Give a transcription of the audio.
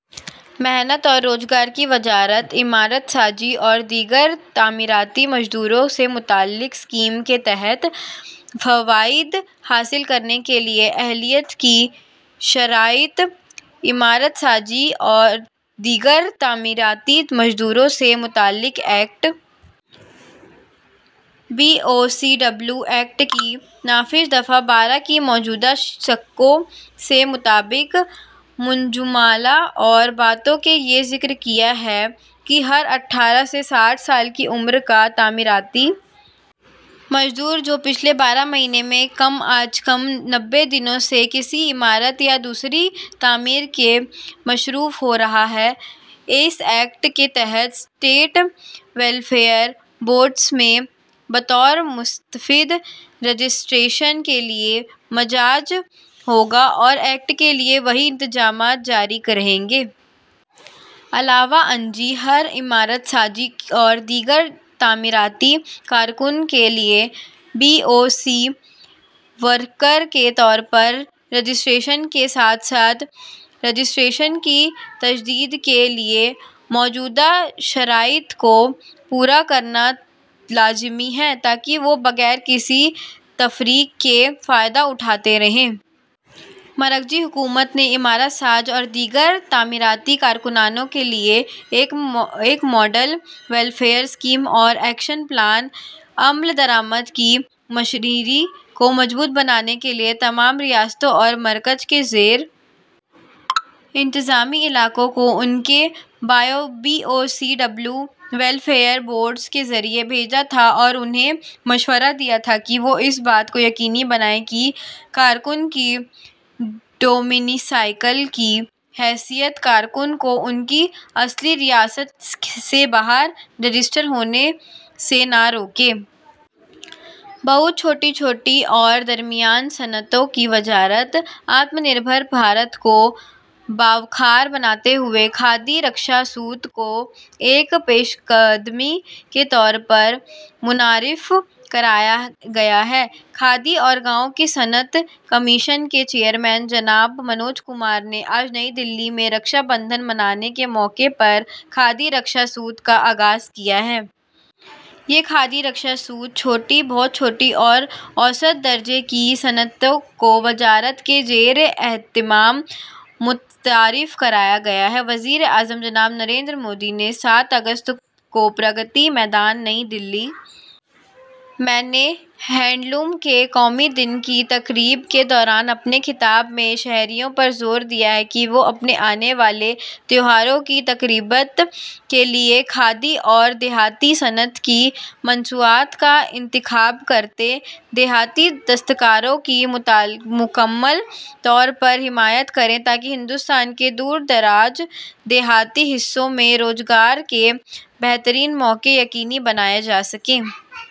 محنت اور روزگار کی وزارت عمارات سازی اور دیگر تعمیراتی مزدوروں سے متعلق اسکیم کے تحت فوائد حاصل کرنے کے لیے اہلیت کی شرائط عمارات سازی اور دیگر تعمیراتی مزدوروں سے متعلق act, B O C W act, کی نافذ دفعہ بارہ کی موجودہ شقوں کے مطابق منجملہ اور باتوں کے یہ ذکر کیا گیا ہے کہ ہر اٹھارہ سے ساٹھ سال کی عمر کا تعمیراتی مزدور جو پچھلے بارہ مہینوں میں کم از کم نوے دنوں سے کسی عمارت یا دوسری تعمیر میں مصروف رہا ہو، اس ایکٹ کے تحت اسٹیٹ ویلفیئر بورڈز میں بطور مستفید رجسٹریشن کے لیے مجاز ہوگا اور ایکٹ کے لیے وہی انتظامات جاری رہیں گے۔ علاوہ ازیں، ہر عمارات ساز اور دوسرے تعمیراتی کارکن کے لیے بی او سی ورکرز کے طور پر رجسٹریشن کے ساتھ ساتھ رجسٹریشن کی تجدید کے لیے موجودہ شرائط کو پورا کرنا لازمی ہے تاکہ وہ بغیر کسی تفریق کے فائدہ اٹھاتے رہیں۔ مرکزی حکومت نے عمارات ساز اور دیگر تعمیراتی کارکنوں کے لیے ایک ماڈل ویلفیئر اسکیم اور ایکشن پلان، عمل درآمد کی مشینری کو مضبوط بنانے کے لیے تمام ریاستوں اور مرکز کے زیر انتظام علاقوں کو ان کے B O C W welfare boards کے ذریعے بھیجا تھا اور انہیں مشورہ دیا گیا کہ وہ اس بات کو یقینی بنائیں کہ کارکن کی ڈومیسائل کی حیثیت کارکن کو اس کی اصل ریاست سے باہر رجسٹرڈ ہونے سے نہ روکے۔ بہت چھوٹی، چھوٹی اور درمیانی صنعتوں کی وزارت آتم نربھر بھارت کو بااختیار بناتے ہوئے کھادی رکشا سوت کو ایک پیش قدمی کے طور پر متعارف کیا گیا ہے۔ کھادی اور گاؤں کی صنعت کمیشن کے چیئرمین، جناب منوج کمار نے آج نئی دہلی میں رکشا بندھن منانے میں کھادی رکشا سوت کا آغاز کیا ہے۔ یہ کھادی رکشا سوت چھوٹی، بہت چھوٹی اور اوسط درجے کی صنعتوں کی وزارت کے زیراہتمام متعارف کرایا گیا ہے۔ وزیر اعظم جناب نریندر مودی نے سات اگست کو پرگتی میدان، نئی دہلی میں ہینڈلوم کے قومی دن کی تقریب کے دوران اپنے خطاب میں شہریوں پر زور دیا کہ وہ اپنے آنے والے تہواروں کی تقریبات کے لیے کھادی اور دیہی صنعت کی مصنوعات کا انتخاب کرکے دیہی کاریگروں کی مکمل طور پر حمایت کریں، تاکہ بھارت کے دور دراز دیہی حصوں میں روزگار کے بہترین مواقع کو یقینی بنایا جاسکے۔